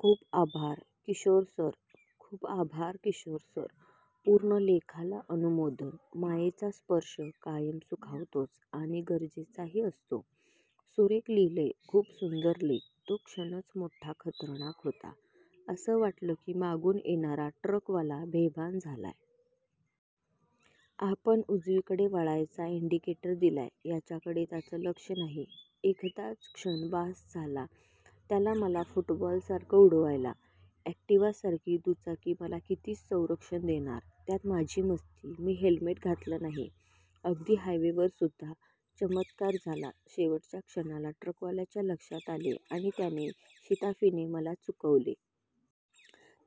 खूप आभार, किशोर सर. खूप आभार, किशोर सर. पूर्ण लेखाला अनुमोदन. मायेचा स्पर्श कायम सुखावतोच आणि गरजेचाही असतो. सुरेख लिहिलंय. खूप सुंदर लेख. तो क्षणच मोठा खतरनाक होता. असं वाटलं की मागून येणारा ट्रकवाला बेभान झालाय. आपण उजवीकडे वळायचा इंडिकेटर दिलाय याच्याकडे त्याचं लक्ष नाही. एखादाच क्षण बास झाला त्याला मला फुटबॉलसारखं उडवायला. अॅक्टिव्हासारखी दुचाकी मला कितीसं संरक्षण देणार? त्यात माझी मस्ती. मी हेल्मेट घालत नाही. अगदी हायवेवरसुद्धा. चमत्कार झाला, शेवटच्या क्षणाला ट्रकवाल्याच्या लक्षात आले आणि त्याने शिताफीने मला चुकवले.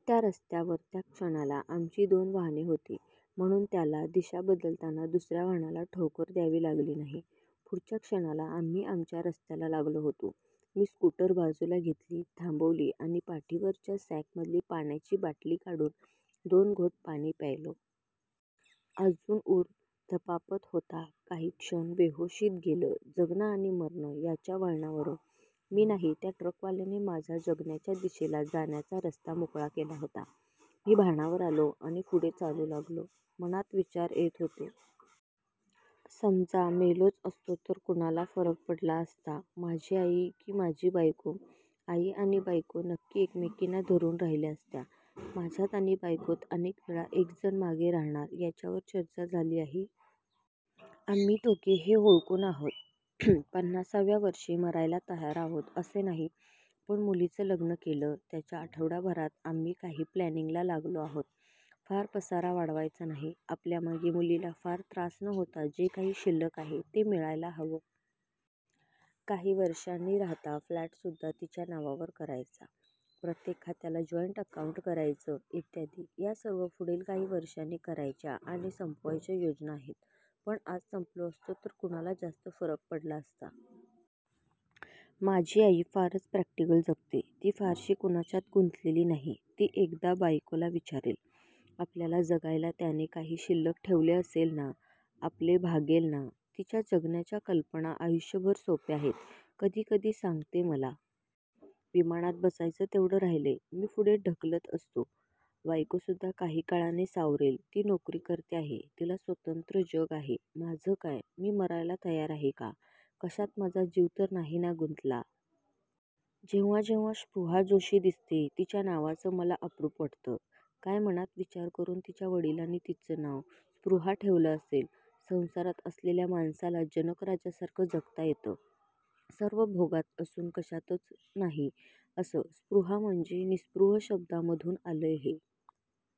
त्या रस्त्यावर त्या क्षणाला आमची दोन वाहने होती म्हणून त्याला दिशाबदलताना दुसऱ्या वाहनाला ठोकर द्यावी लागली नाही. पुढच्या क्षणाला आम्ही आमच्या रस्त्याला लागलो होतो. मी स्कूटर बाजूला घेतली. थांबवली आणि पाठीवरच्या सॅकमधली पाण्याची बाटली काढून दोन घोट पाणी प्यायलो. अजून उर धपापत होता. काही क्षण बेहोशीत गेले. जगणं आणि मरणं याच्या वळणावरून, मी नाही त्या ट्रकवाल्याने माझा जगण्याच्या दिशेला जाण्याचा रस्ता मोकळा केला होता. मी भानावर आलो आणि पुढे चालू लागलो. मनात विचार येत होते. समजा मेलोच असतो तर कुणाला फरक पडला असता? माझी आई की माझी बायको? आई आणि बायको नक्की एकमेकींना धरून राहिल्या असत्या. माझ्यात आणि बायकोत अनेक वेळा एक जण मागे राहणार याच्यावर चर्चा झाली आहे. आम्ही दोघे हे ओळखून आहोत. पन्नासाव्या वर्षी मरायला तयार आहोत असे नाही, पण मुलीचं लग्न केलं, त्याच्या आठवड्याभरात आम्ही काही प्लॅनिंगला लागलो आहोत. फार पसारा वाढवायचा नाही. आपल्यामागे मुलीला फार त्रास न होता जे काही शिल्लक आहे ते मिळायला हवं. काही वर्षांनी राहता फ्लॅटसुद्धा तिच्या नावावर करायचा, प्रत्येक खात्याला जॉइंट अकाउंट करायचं इत्यादी. या सर्व पुढील काही वर्षांनी करायच्या आणि संपवायच्या योजना आहेत. पण आज संपलो असतो तर कुणाला जास्त फरक पडला असता? माझी आई फारच प्रॅक्टिकल जगते. ती फारशी कुणाच्यात गुंतलेली नाही. ती एकदा बायकोला विचारेल. आपल्याला जगायला त्याने काही शिल्लक ठेवले असेल ना? आपले भागेल ना? तिच्या जगण्याच्या कल्पना आयुष्यभर सोप्या आहेत. कधी कधी सांगते मला. विमानात बसायचं तेवढं राहिलंय. मी पुढे ढकलत असतो, बायकोसुद्धा काही काळाने सावरेल. ती नोकरी करते आहे. तिला स्वतंत्र जग आहे. माझं काय? मी मरायला तयार आहे का? कशात माझा जीव तर नाही ना गुंतला. जेव्हा जेव्हा स्पृहा जोशी दिसते, तिच्या नावाचं मला अप्रूप वाटतं. काय मनात विचार करून तिच्या वडिलांनी तिचं नाव स्पृहा ठेवलं असेल. संसारात असलेल्या माणसाला जनक राजासारखं जगता येतं? सर्व भोगात असून कशातच नाही असं? स्पृहा म्हणजे निस्पृह शब्दामधून आलंय हे.